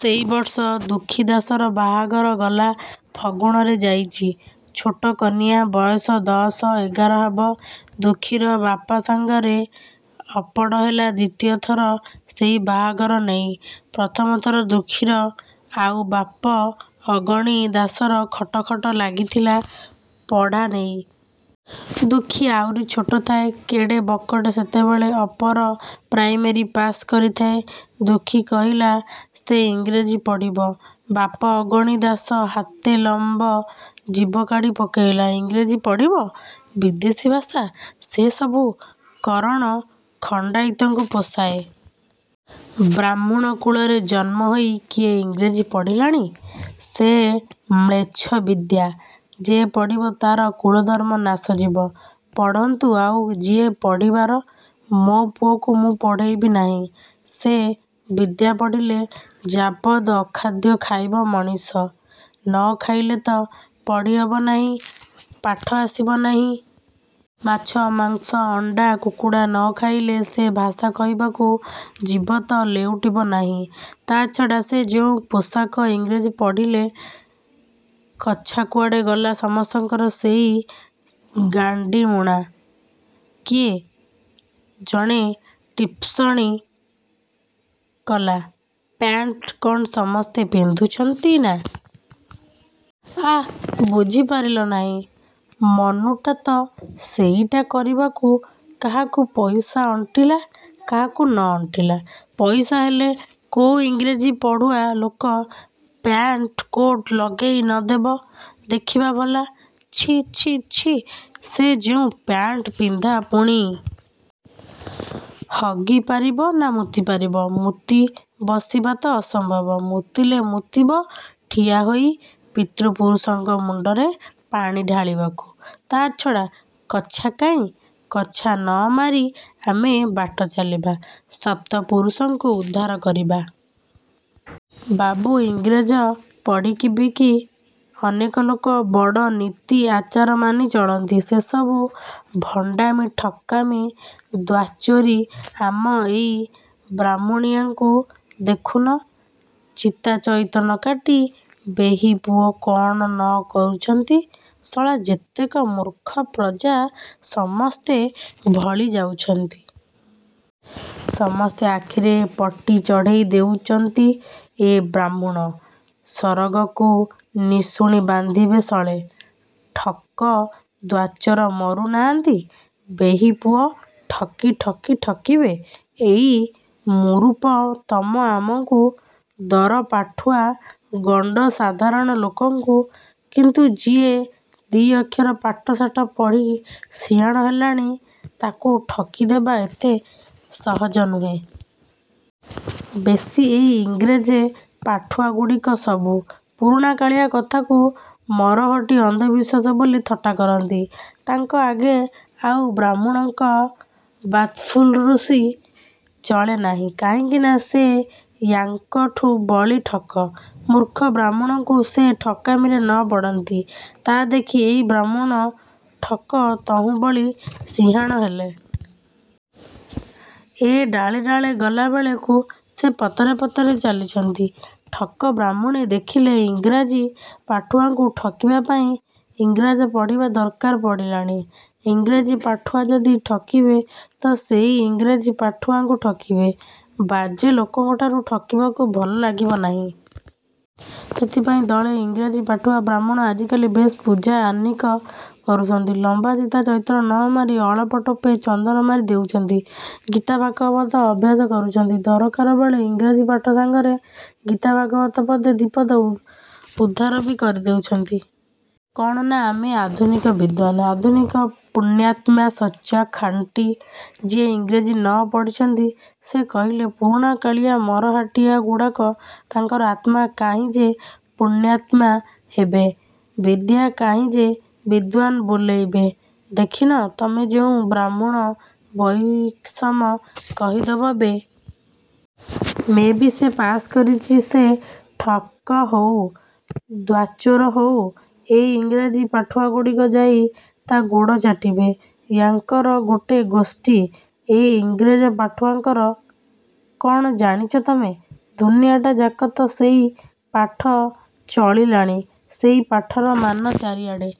ସେଇ ବର୍ଷ ଦୁଃଖୀ ଦାଶର ବାହାଘର ଗଲା ଫଗୁଣରେ ଯାଇଚି। ଛୋଟ କନିଆ। ବୟସ ଦଶ ଏଗାର ହବ। ଦୁଃଖୀର ବାପ ସାଙ୍ଗରେ ଅପଡ଼ ହେଲା ଦ୍ୱିତୀୟ ଥର ସେଇ ବାହାଘର ନେଇ। ପ୍ରଥମ ଥର ଦୁଃଖୀର ଆଉ ବାପ ଅଗଣି ଦାଶର ଖଟ ଖଟ ଲାଗିଥିଲା ପଢ଼ା ନେଇ। ଦୁଃଖୀ ଆହୁରି ଛୋଟ ଥାଏ। କେଡ଼େ ବକଟେ ସେତେବେଳେ। ଅପର ପ୍ରାଇମେରୀ ପାଶ୍ କରିଥାଏ। ଦୁଃଖୀ କହିଲା ସେ ଇଂରେଜୀ ପଢ଼ିବ। ବାପ ଅଗଣି ଦାଶ ହାତେ ଲମ୍ୱ ଜିଭ କାଢ଼ି ପକେଇଲା। ଇଂରେଜୀ ପଢ଼ିବ? ବିଦେଶୀ ଭାଷା। ସେ ସବୁ କରଣ ଖଣ୍ତାଇତଙ୍କୁ ପୋଷାଏ। ବାହ୍ମୁଣ କୁଳରେ ଜନ୍ମ ହେଇ କିଏ ଇଂରେଜୀ ପଢ଼ିଲାଣି? ସେ ମ୍ଳେଚ୍ଛ ବିଦ୍ୟା। ଯେ ପଢ଼ିବ ତା'ର କୁଳଧର୍ମ ନାଶ ଯିବ। ପଢ଼ନ୍ତୁ ଆଉ ଯିଏ ପଢ଼ିବାର। ମୋ ପୁଅକୁ ମୁଁ ପଢ଼େଇବି ନାହିଁ। ସେ ବିଦ୍ୟା ପଢ଼ିଲେ ଯାବତ୍ ଅଖାଦ୍ୟ ଖାଇବ ମଣିଷ। ନ ଖାଇଲେ ତ ପଢ଼ି ହବ ନାହିଁ ପାଠ ଆସିବ ନାହିଁ। ମାଛ, ମାଂସ, ଅଣ୍ତା, କୁକୁଡ଼ା ନ ଖାଇଲେ ସେ ଭାଷା କହିବାକୁ ଜିଭ ତ ଲେଉଟିବ ନାହିଁ। ତା ଛଡ଼ା ସେ ଯେଉଁ ପୋଷାକ! ଇଂରେଜ ପଢ଼ିଲେ କଛା କୁଆଡ଼େ ଗଲା ସମସ୍ତଙ୍କର ସେଇ ଗାଣ୍ତିମୁଣା। କିଏ। ଜଣେ ଟିପ୍ପଣୀ କଲା ପ୍ୟାଣ୍ଟ କ'ଣ ସମସ୍ତେ ପିନ୍ଧୁଛନ୍ତିନା। ଆଃ, ବୁଝି ପାରିଲ ନାହିଁ? ମନୁଟାତ ସେଇଟା କରିବାକୁ। କାହାକୁ ପଇସା ଅଣ୍ଟିଲା କାହାକୁ ନ ଅଣ୍ଟିଲା। ପଇସା ହେଲେ କୋଉ ଇଂରେଜୀ ପଢ଼ୁଆ ଲୋକ ପ୍ୟାଣ୍ଟ କୋଟ୍ ଲଗେଇ ନ ଦେବ ଦେଖିବା ଭଲା। ଛି, ଛି, ଛି ସେ ଯେଉଁ ପ୍ୟାଣ୍ଟ ପିନ୍ଧା ପୁଣି। ହଗି ପାରିବ ନା ମୂତି ପାରିବ! ମୂତି ବସିବା ତ ଅସମ୍ଭବ। ମୂତିଲେ ମୂତିବ ଠିଆ ହୋଇ ପିତୃ ପୁରୁଷଙ୍କ ମୁଣ୍ତରେ ପାଣି ଢାଳିବାକୁ । ତା' ଛଡ଼ା କଛା କାହିଁ? କଛା ନ ମାରି ଆମେ ବାଟ ଚାଲିବା? ସପ୍ତ ପୁରୁଷଙ୍କୁ ଉଦ୍ଧାର କରିବା? ବାବୁ, ଇଂରାଜୀ ପଢ଼ିକିବି ଅନେକ ଲୋକ ବଡ଼ ନୀତି ଆଚାର ମାନି ଚଳନ୍ତି। ସେ ସବୁ ଭଣ୍ତାମି ଠକାମି ଦ୍ୱାଚୋରି। ଆମ ଏଇ ବାହ୍ମଣିଆଙ୍କୁ ଦେଖୁନ! ଚିତା ଚଇତନ କାଟି ବେହିପୁଅ କ'ଣ ନ କରୁଚନ୍ତି। ଶଳା ଯେତେକ ମୂର୍ଖ ପ୍ରଜା ସମସ୍ତେ ଭଳି ଯାଉଚନ୍ତି । ସମସ୍ତେ ଆଖିରେ ପଟି ଚଢ଼େଇ ଦେଉଚନ୍ତି ଏ ବାହ୍ମୁଣ। ସରଗକୁ ନିଶୁଣି ବାନ୍ଧିବେ ଶଳେ! ଠକ ଦ୍ୱାଚୋର ମରୁ ନାହାନ୍ତି ବେହିପୁଅ ଠକି ଠକି ଠକିବେ ଏଇ ମୂରୁପ ତମ ଆମଙ୍କୁ ଦରପାଠୁଆ ଗଣ୍ତ ସାଧାରଣ ଲୋକଙ୍କୁ କିନ୍ତୁ ଯିଏ ଦି' ଅକ୍ଷର ପାଠ ଶାଠ ପଢ଼ି ସିହାଣ ହେଲାଣି ତାକୁ ଠକି ଦେବା ଏଡ଼େ ସହଜ ନୁହେଁ। ବେଶି ଏଇ ଇଂରେଜୀ ପାଠୁଆଗୁଡ଼ିକ ସବୁ ପୁରୁଣାକାଳିଆ କଥାକୁ ମରହଟ୍ଟି ଅନ୍ଧବିଶ୍ୱାସ ବୋଲି ଥଟ୍ଟା କରନ୍ତି। ତାଙ୍କ ଆଗେ ଆଉ ବାହ୍ମୁଣଙ୍କ ବାତ୍ଫୁରୁସି ଚଳେ ନାହିଁ-। କାହିଁକିନା ସେ ୟାଙ୍କଠୁ ବଳି ଠକ। ମୂର୍ଖ ବାହ୍ମୁଣଙ୍କୁ ସେ ଠକାମିରେ ନ ପଡ଼ନ୍ତି। ତା' ଦେଖି ଏଇ ବାହ୍ମୁଣ ଠକ ତହୁଁ ବଳି ସିହାଣ ହେଲେ। ଏ ଡାଳେ ଡାଳେ ଗଲାବେଳକୁ ସେ ପତରେ ପତରେ ଚାଲିଛନ୍ତି। ଠକ ବାହ୍ମୁଣେ ଦେଖିଲେ ଇଂରାଜୀ ପାଠୁଆଙ୍କୁ ଠକିବାପାଇଁ ଇଂରାଜ ପଢ଼ିବା ଦରକାର ପଡ଼ିଲାଣି। ଇଂରେଜୀ ପାଠୁଆ ଯଦି ଠକିବେ ତ ସେଇ ଇଂରାଜୀ ପାଠୁଆଙ୍କଠୁ ଠକିବେ-। ବାଜେ ଲୋକଙ୍କଠୁ ଠକିବାକୁ ଭଲ ଲାଗିବ ନାହିଁ। ସେଥିପାଇଁ ଦଳେ ଇଂରେଜୀ ପାଠୁଆ ବାହ୍ମୁଣ ଆଜିକାଲି ବେଶ ପୂଜା ଆହ୍ନିକ କରୁଛନ୍ତି। ଲମ୍ବା ଚିତା ଚଇତନ ନ ମାରି ଅଳପ ଟୋପେ ଚନ୍ଦନ ମାରି ଦେଉଛନ୍ତି। ଗୀତା ଭାଗବତ ଅଭ୍ୟାସ କରୁଛନ୍ତି। ଦରକାରବେଳେ ଇଂରେଜୀ ପାଠ ସାଙ୍ଗରେ ଗୀତା ଭାଗବତ ପଦେ ଦିପଦ ଉଦ୍ଧାରବି କରି ଦେଉଛନ୍ତି। କ'ଣ ନା ଆମେ ଆଧୁନିକ ବିଦ୍ୱାନ୍। ଆଧୁନିକ ପୁଣ୍ୟାତ୍ମା ସଚା, ଖାଣ୍ଟି। ଯିଏ ଇଂରେଜୀ ନ ପଢ଼ିଛନ୍ତି ସେ କହିଲେ ପୁରୁଣାକାଳିଆ ମରହଟ୍ଟିଆଗୁଡ଼ାକ, ତାଙ୍କର ଆତ୍ମା କାହିଁ ଯେ ପୁଣ୍ୟାତ୍ମା ହେବେ ବିଦ୍ୟା କାହିଁ ଯେ ବିଦ୍ୱାନ୍ ବୋଲେଇବେ। ଦେଖିନ ତମେ ଯେଉଁ ବାହ୍ମୁଣ ବଇଷମ କହିଦବ ବେ. ମେ. ବି. ସେ ପାସ କରିଚି ସେ ଠକ ହଉ, ଦ୍ୱାଚୋର ହଉ, ଏଇ ଇଂରାଜୀ ପାଠୁଆଗୁଡ଼ିକ ଯାଇ ତା' ଗୋଡ଼ ଚାଟିବେ। ୟାଙ୍କର ଗୋଟେ ଗୋଷ୍ଠୀ ଏ ଇଂରେଜ ପାଠୁଆଙ୍କର। କ'ଣ ଜାଣିଚ ତମେ! ଦୁନିଆଟା ଯାକ ତ ସେଇ ପାଠ ଚଳିଲାଣି ସେଇ ପାଠର ମାନ ଚାରିଆଡ଼େ।